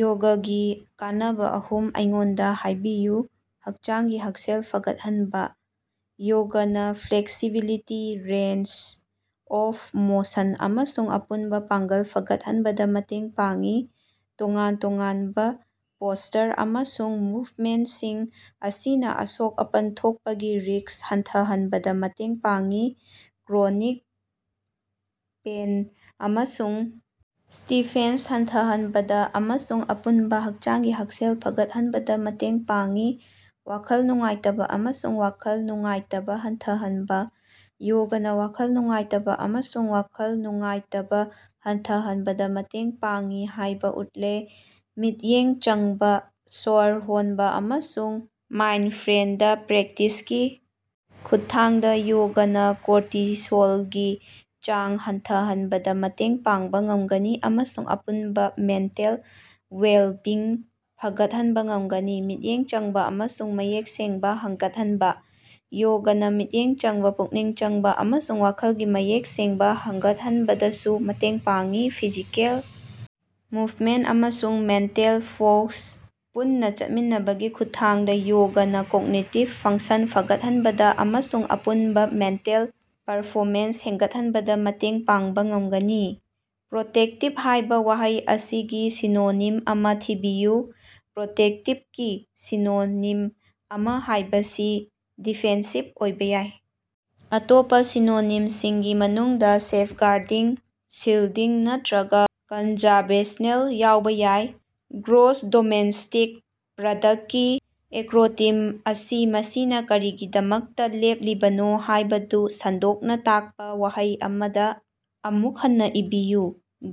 ꯌꯣꯒꯒꯤ ꯀꯥꯟꯅꯕ ꯑꯍꯨꯝ ꯑꯩꯉꯣꯟꯗ ꯍꯥꯏꯕꯤꯌꯨ꯫ ꯍꯛꯆꯥꯡꯒꯤ ꯍꯛꯁꯦꯜ ꯐꯒꯠꯍꯟꯕ: ꯌꯣꯒꯅ ꯐ꯭ꯂꯦꯛꯁꯤꯕꯤꯂꯤꯇꯤ, ꯔꯦꯟꯖ ꯑꯣꯐ ꯃꯣꯁꯟ, ꯑꯃꯁꯨꯡ ꯑꯄꯨꯟꯕ ꯄꯥꯡꯒꯜ ꯐꯒꯠꯍꯟꯕꯗ ꯃꯇꯦꯡ ꯄꯥꯡꯏ꯫ ꯇꯣꯉꯥꯟ-ꯇꯣꯉꯥꯟꯕ ꯄꯣꯁꯇꯔ ꯑꯃꯁꯨꯡ ꯃꯨꯚꯃꯦꯟꯠꯁꯤꯡ ꯑꯁꯤꯅ ꯑꯁꯣꯛ-ꯑꯄꯟ ꯊꯣꯛꯄꯒꯤ ꯔꯤꯛꯁ ꯍꯟꯊꯍꯟꯕꯗ ꯃꯇꯦꯡ ꯄꯥꯡꯏ, ꯀ꯭ꯔꯣꯅꯤꯛ ꯄꯦꯏꯟ ꯑꯃꯁꯨꯡ ꯁ꯭ꯇꯤꯐꯦꯟꯁ ꯍꯟꯊꯍꯟꯕꯗ ꯑꯃꯁꯨꯡ ꯑꯄꯨꯟꯕ ꯍꯛꯆꯥꯡꯒꯤ ꯍꯛꯁꯦꯜ ꯐꯒꯠꯍꯟꯕꯗ ꯃꯇꯦꯡ ꯄꯥꯡꯏ꯫ ꯋꯥꯈꯜ ꯅꯨꯡꯉꯥꯏꯇꯕ ꯑꯃꯁꯨꯡ ꯋꯥꯈꯜ ꯅꯨꯡꯉꯥꯏꯇꯕ ꯍꯟꯊꯍꯟꯕ: ꯌꯣꯒꯅ ꯋꯥꯈꯜ ꯅꯨꯡꯉꯥꯏꯇꯕ ꯑꯃꯁꯨꯡ ꯋꯥꯈꯜ ꯅꯨꯡꯉꯥꯏꯇꯕ ꯍꯟꯊꯍꯟꯕꯗ ꯃꯇꯦꯡ ꯄꯥꯡꯏ ꯍꯥꯏꯕ ꯎꯠꯂꯦ꯫ ꯃꯤꯠꯌꯦꯡ ꯆꯪꯕ ꯁ꯭ꯋꯔ ꯍꯣꯟꯕ ꯑꯃꯁꯨꯡ ꯃꯥꯏꯟꯗꯐ꯭ꯔꯦꯟꯗ ꯄ꯭ꯔꯦꯛꯇꯤꯁꯀꯤ ꯈꯨꯠꯊꯥꯡꯗ ꯌꯣꯒꯅ ꯀꯣꯔꯇꯤꯁꯣꯜꯒꯤ ꯆꯥꯡ ꯍꯟꯊꯍꯟꯕꯗ ꯃꯇꯦꯡ ꯄꯥꯡꯕ ꯉꯝꯒꯅꯤ ꯑꯃꯁꯨꯡ ꯑꯄꯨꯟꯕ ꯃꯦꯟꯇꯦꯜ ꯋꯦꯜꯕꯤꯡ ꯐꯒꯠꯍꯟꯕ ꯉꯝꯒꯅꯤ꯫ ꯃꯤꯠꯌꯦꯡ ꯆꯪꯕ ꯑꯃꯁꯨꯡ ꯃꯌꯦꯛ ꯁꯦꯡꯕ ꯍꯦꯟꯒꯠꯍꯟꯕ: ꯌꯣꯒꯅ ꯃꯤꯠꯌꯦꯡ ꯆꯪꯕ, ꯄꯨꯛꯅꯤꯡ ꯆꯪꯕ ꯑꯃꯁꯨꯡ ꯋꯥꯈꯜꯒꯤ ꯃꯌꯦꯛ ꯁꯦꯡꯕ ꯍꯦꯟꯒꯠꯍꯟꯕꯗꯁꯨ ꯃꯇꯦꯡ ꯄꯥꯡꯏ꯫ ꯐꯤꯖꯤꯀꯦꯜ ꯃꯨꯚꯃꯦꯟꯠ ꯑꯃꯁꯨꯡ ꯃꯦꯟꯇꯦꯜ ꯐꯣꯀꯁ ꯄꯨꯟꯅ ꯆꯠꯃꯤꯟꯅꯕꯒꯤ ꯈꯨꯠꯊꯥꯡꯗ ꯌꯣꯒꯅ ꯀꯣꯒꯅꯤꯇꯤꯕ ꯐꯪꯁꯟ ꯐꯒꯠꯍꯟꯕꯗ ꯑꯃꯁꯨꯡ ꯑꯄꯨꯟꯕ ꯃꯦꯟꯇꯦꯜ ꯄꯔꯐꯣꯃꯦꯟꯁ ꯍꯦꯟꯒꯠꯍꯟꯕꯗ ꯃꯇꯦꯡ ꯄꯥꯡꯕ ꯉꯝꯒꯅꯤ꯫ "ꯄ꯭ꯔꯣꯇꯦꯛꯇꯤꯕ" ꯍꯥꯏꯕ ꯋꯥꯍꯩ ꯑꯁꯤꯒꯤ ꯁꯤꯅꯣꯅꯤꯝ ꯑꯃ ꯊꯤꯕꯤꯌꯨ꯫ ꯄ꯭ꯔꯣꯇꯦꯛꯇꯤꯚꯀꯤ ꯁꯤꯅꯣꯅꯤꯝ ꯑꯃ ꯍꯥꯏꯕꯁꯤ "ꯗꯤꯐꯦꯟꯁꯤꯚ" ꯑꯣꯏꯕ ꯌꯥꯏ꯫ ꯑꯇꯣꯞꯄ ꯁꯤꯅꯣꯅꯤꯝꯁꯤꯡꯒꯤ ꯃꯅꯨꯡꯗ ꯁꯦꯐꯒꯥꯔꯗꯤꯡ, ꯁꯤꯜꯗꯤꯡ, ꯅꯠꯇ꯭ꯔꯒ ꯀꯟꯖꯥꯔꯕꯁꯅꯦꯜ ꯌꯥꯎꯕ ꯌꯥꯏ꯫ ꯒ꯭ꯔꯣꯁ ꯗꯣꯃꯦꯁꯇꯤꯛ ꯄ꯭ꯔꯗꯛ ꯀꯤ ꯑꯦꯀ꯭ꯔꯣꯅꯤꯝ ꯑꯁꯤ ꯃꯁꯤꯅ ꯀꯔꯤꯒꯤꯗꯃꯛꯇ ꯂꯦꯞꯂꯤꯕꯅꯣ ꯍꯥꯏꯕꯗꯨ ꯁꯟꯗꯣꯛꯅ ꯇꯥꯛꯄ ꯋꯥꯍꯩ ꯑꯃꯗ ꯑꯃꯨꯛ ꯍꯟꯅ ꯏꯕꯤꯌꯨ꯫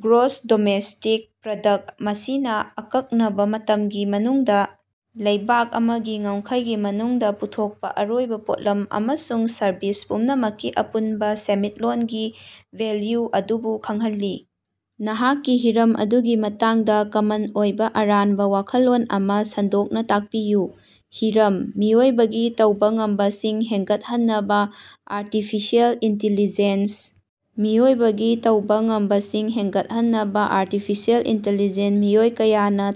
ꯒ꯭ꯔꯣꯁ ꯗꯣꯃꯦꯁꯇꯤꯛ ꯄ꯭ꯔꯗꯛ ꯃꯁꯤꯅ ꯑꯀꯛꯅꯕ ꯃꯇꯝꯒꯤ ꯃꯅꯨꯡꯗ ꯂꯩꯕꯥꯛ ꯑꯃꯒꯤ ꯉꯝꯈꯩꯒꯤ ꯃꯅꯨꯡꯗ ꯄꯨꯊꯣꯛꯄ ꯑꯔꯣꯏꯕ ꯄꯣꯠꯂꯝ ꯑꯃꯁꯨꯡ ꯁꯔꯕꯤꯁ ꯄꯨꯝꯅꯃꯛꯀꯤ ꯑꯄꯨꯟꯕ ꯁꯦꯟꯃꯤꯠꯂꯣꯟꯒꯤ ꯚꯦꯜꯌꯨ ꯑꯗꯨꯕꯨ ꯈꯪꯍꯜꯂꯤ꯫ ꯅꯍꯥꯛꯀꯤ ꯍꯤꯔꯝ ꯑꯗꯨꯒꯤ ꯃꯇꯥꯡꯗ ꯀꯃꯟ ꯑꯣꯏꯕ ꯑꯔꯥꯟꯕ ꯋꯥꯈꯜꯂꯣꯟ ꯑꯃ ꯁꯟꯗꯣꯛꯅ ꯇꯥꯛꯄꯤꯌꯨ꯫ ꯍꯤꯔꯝ: ꯃꯤꯑꯣꯏꯕꯒꯤ ꯇꯧꯕ ꯉꯝꯕꯁꯤꯡ ꯍꯦꯟꯒꯠꯍꯟꯅꯕ ꯑꯥꯔꯇꯤꯐꯤꯁꯦꯜ ꯏꯟꯇꯤꯂꯤꯖꯦꯟꯠ ꯃꯤꯑꯣꯏꯕꯒꯤ ꯇꯧꯕ ꯉꯝꯕꯁꯤꯡ ꯍꯦꯟꯒꯠꯍꯟꯅꯕ ꯑꯥꯔꯇꯤꯐꯤꯁꯦꯜ ꯏꯟꯇꯤꯂꯤꯖꯦꯟꯠ ꯃꯤꯑꯣꯏ ꯀꯌꯥꯅ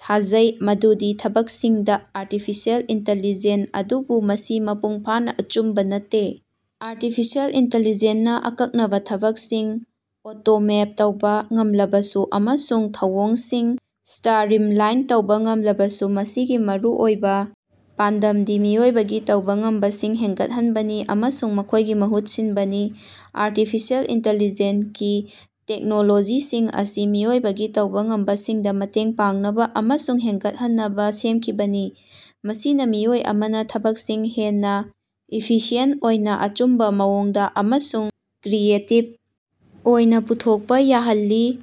ꯊꯥꯖꯩ ꯃꯗꯨꯗꯤ ꯊꯕꯛꯁꯤꯡꯗ ꯑꯥꯔꯇꯤꯐꯤꯁꯦꯜ ꯏꯟꯇꯤꯂꯤꯖꯦꯟꯠ ꯑꯗꯨꯕꯨ ꯃꯁꯤ ꯃꯄꯨꯡ ꯐꯥꯅ ꯑꯆꯨꯝꯕ ꯅꯠꯇꯦ꯫ ꯑꯥꯔꯇꯤꯐꯤꯁꯦꯜ ꯏꯟꯇꯤꯂꯤꯖꯦꯟꯠꯅ ꯑꯀꯛꯅꯕ ꯊꯕꯛꯁꯤꯡ ꯑꯣꯇꯣꯃꯦꯠ ꯇꯧꯕ ꯉꯝꯂꯕꯁꯨ ꯑꯃꯁꯨꯡ ꯊꯧꯑꯣꯡꯁꯤꯡ ꯁ꯭ꯇꯔꯤꯝꯂꯥꯏꯟ ꯇꯧꯕ ꯉꯝꯂꯕꯁꯨ, ꯃꯁꯤꯒꯤ ꯃꯔꯨꯑꯣꯏꯕ ꯄꯥꯟꯗꯝꯗꯤ ꯃꯤꯑꯣꯏꯕꯒꯤ ꯇꯧꯕ ꯉꯝꯕꯁꯤꯡ ꯍꯦꯟꯒꯠꯍꯟꯕꯅꯤ ꯑꯃꯁꯨꯡ ꯃꯈꯣꯏꯒꯤ ꯃꯍꯨꯠ ꯁꯤꯟꯕꯅꯤ꯫ ꯑꯥꯔꯇꯤꯐꯤꯁꯦꯜ ꯏꯟꯇꯤꯂꯤꯖꯦꯟꯠ ꯒꯤ ꯇꯦꯛꯅꯣꯂꯣꯖꯤꯁꯤꯡ ꯑꯁꯤ ꯃꯤꯑꯣꯏꯕꯒꯤ ꯇꯧꯕ ꯉꯝꯕꯁꯤꯡꯗ ꯃꯇꯦꯡ ꯄꯥꯡꯅꯕ ꯑꯃꯁꯨꯡ ꯍꯦꯟꯒꯠꯍꯟꯅꯕ ꯁꯦꯝꯈꯤꯕꯅꯤ, ꯃꯁꯤꯅ ꯃꯤꯑꯣꯏ ꯑꯃꯅ ꯊꯕꯛꯁꯤꯡ ꯍꯦꯟꯅ ꯏꯐꯤꯁꯤꯌꯦꯟꯠ ꯑꯣꯏꯅ, ꯑꯆꯨꯝꯕ ꯃꯑꯣꯡꯗ ꯑꯃꯁꯨꯡ ꯀ꯭ꯔꯤꯌꯦꯇꯤꯕ ꯑꯣꯏꯅ ꯄꯥꯡꯊꯣꯛꯄ ꯌꯥꯍꯜꯂꯤ꯫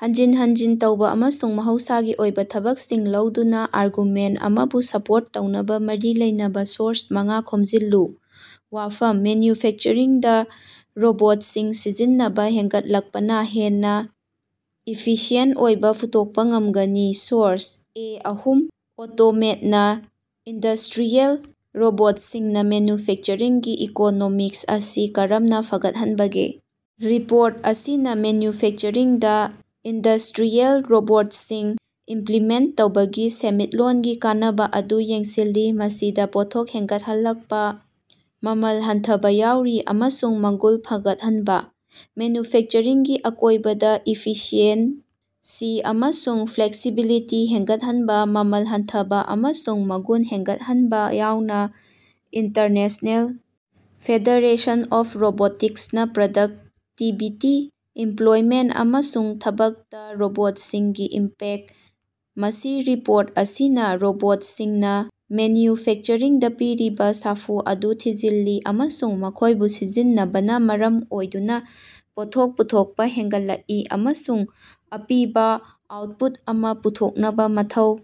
ꯍꯟꯖꯤꯟ ꯍꯟꯖꯤꯟ ꯇꯧꯕ ꯑꯃꯁꯨꯡ ꯃꯍꯧꯁꯥꯒꯤ ꯑꯣꯏꯕ ꯊꯕꯛꯁꯤꯡ ꯂꯧꯗꯨꯅ, ꯑꯥꯔꯒꯨꯃꯦꯟꯠ ꯑꯃꯕꯨ ꯁꯄꯣꯔꯠ ꯇꯧꯅꯕ ꯃꯔꯤ ꯂꯩꯅꯕ ꯁꯣꯔꯁ ꯃꯉꯥ ꯈꯣꯝꯖꯤꯜꯂꯨ꯫ ꯋꯥꯐꯝ: ꯃꯦꯟꯌꯨꯐꯦꯛꯆꯔꯤꯡꯗ ꯔꯣꯕꯣꯠꯁꯤꯡ ꯁꯤꯖꯤꯟꯅꯕ ꯍꯦꯟꯒꯠꯂꯛꯄꯅ ꯍꯦꯟꯅ ꯏꯐꯤꯁꯤꯌꯦꯟꯠ ꯑꯣꯏꯕ ꯄꯨꯊꯣꯛꯄ ꯉꯝꯒꯅꯤ꯫ ꯁꯣꯔꯁ: ꯑꯦ ꯑꯍꯨꯝ ꯑꯣꯇꯣꯃꯦꯠꯅ ꯏꯟꯗꯁꯇ꯭ꯔꯤꯌꯦꯜ ꯔꯣꯕꯣꯠꯁꯤꯡꯅ ꯃꯦꯅ꯭ꯌꯨꯐꯦꯛꯆꯔꯤꯡꯒꯤ ꯏꯀꯣꯅꯣꯃꯤꯛꯁ ꯑꯁꯤ ꯀꯔꯝꯅ ꯐꯒꯠꯍꯟꯕꯒꯦ? ꯔꯤꯄꯣꯔꯠ ꯑꯁꯤꯅ ꯃꯦꯅ꯭ꯌꯨꯐꯦꯛꯆꯔꯤꯡꯗ ꯏꯟꯗꯁꯇ꯭ꯔꯤꯌꯦꯜ ꯔꯣꯕꯣꯠꯁꯤꯡ ꯏꯝꯄ꯭ꯂꯤꯃꯦꯟꯠ ꯇꯧꯕꯒꯤ ꯁꯦꯟꯃꯤꯠꯂꯣꯟꯒꯤ ꯀꯥꯟꯅꯕ ꯑꯗꯨ ꯌꯦꯡꯁꯤꯜꯂꯤ, ꯃꯁꯤꯗ ꯄꯣꯠꯊꯣꯛ ꯍꯦꯟꯒꯠꯂꯛꯄ, ꯃꯃꯜ ꯍꯟꯊꯕ ꯌꯥꯎꯔꯤ꯫ ꯑꯃꯁꯨꯡ ꯃꯒꯨꯟ ꯐꯒꯠꯍꯟꯕ꯫ ꯃꯦꯅ꯭ꯌꯨꯐꯦꯛꯆꯔꯤꯡꯒꯤ ꯑꯀꯣꯏꯕꯗ, ꯏꯐꯤꯁꯤꯑꯦꯟꯁꯤ ꯑꯃꯁꯨꯡ ꯐ꯭ꯂꯦꯛꯁꯤꯕꯤꯂꯤꯇꯤ ꯍꯦꯟꯒꯠꯍꯟꯕ, ꯃꯃꯜ ꯍꯟꯊꯕ, ꯑꯃꯁꯨꯡ ꯃꯒꯨꯟ ꯍꯦꯟꯒꯠꯍꯟꯕ ꯌꯥꯎꯅ꯫ ꯏꯟꯇꯔꯅꯦꯁꯅꯦꯜ ꯐꯦꯗꯔꯦꯁꯟ ꯑꯣꯐ ꯔꯣꯕꯣꯇꯤꯛꯁꯅ ꯄ꯭ꯔꯗꯛꯇꯤꯕꯤꯇꯤ, ꯏꯝꯄ꯭ꯂꯣꯏꯃꯦꯟꯠ ꯑꯃꯁꯨꯡ ꯊꯕꯛꯇ ꯔꯣꯕꯣꯠꯁꯤꯡꯒꯤ ꯏꯝꯄꯦꯛ꯫ ꯃꯁꯤꯔꯤꯄꯣꯔꯠ ꯑꯁꯤꯅ ꯔꯣꯕꯣꯠꯁꯤꯡꯅ ꯃꯦꯅ꯭ꯌꯨꯐꯦꯛꯆꯔꯤꯡꯗ ꯄꯤꯔꯤꯕ ꯁꯥꯐꯨ ꯑꯗꯨ ꯊꯤꯖꯤꯜꯂꯤ ꯑꯃꯁꯨꯡ ꯃꯈꯣꯏꯕꯨ ꯁꯤꯖꯤꯟꯅꯕꯅ ꯃꯔꯝ ꯑꯣꯏꯗꯨꯅ ꯄꯣꯠꯊꯣꯛ ꯄꯨꯊꯣꯛꯄ ꯍꯦꯟꯒꯠꯂꯛꯏ, ꯑꯃꯁꯨꯡ ꯑꯄꯤꯕ ꯑꯥꯎꯠꯄꯨꯠ ꯑꯃ ꯄꯨꯊꯣꯛꯅꯕ ꯃꯊꯧ꯫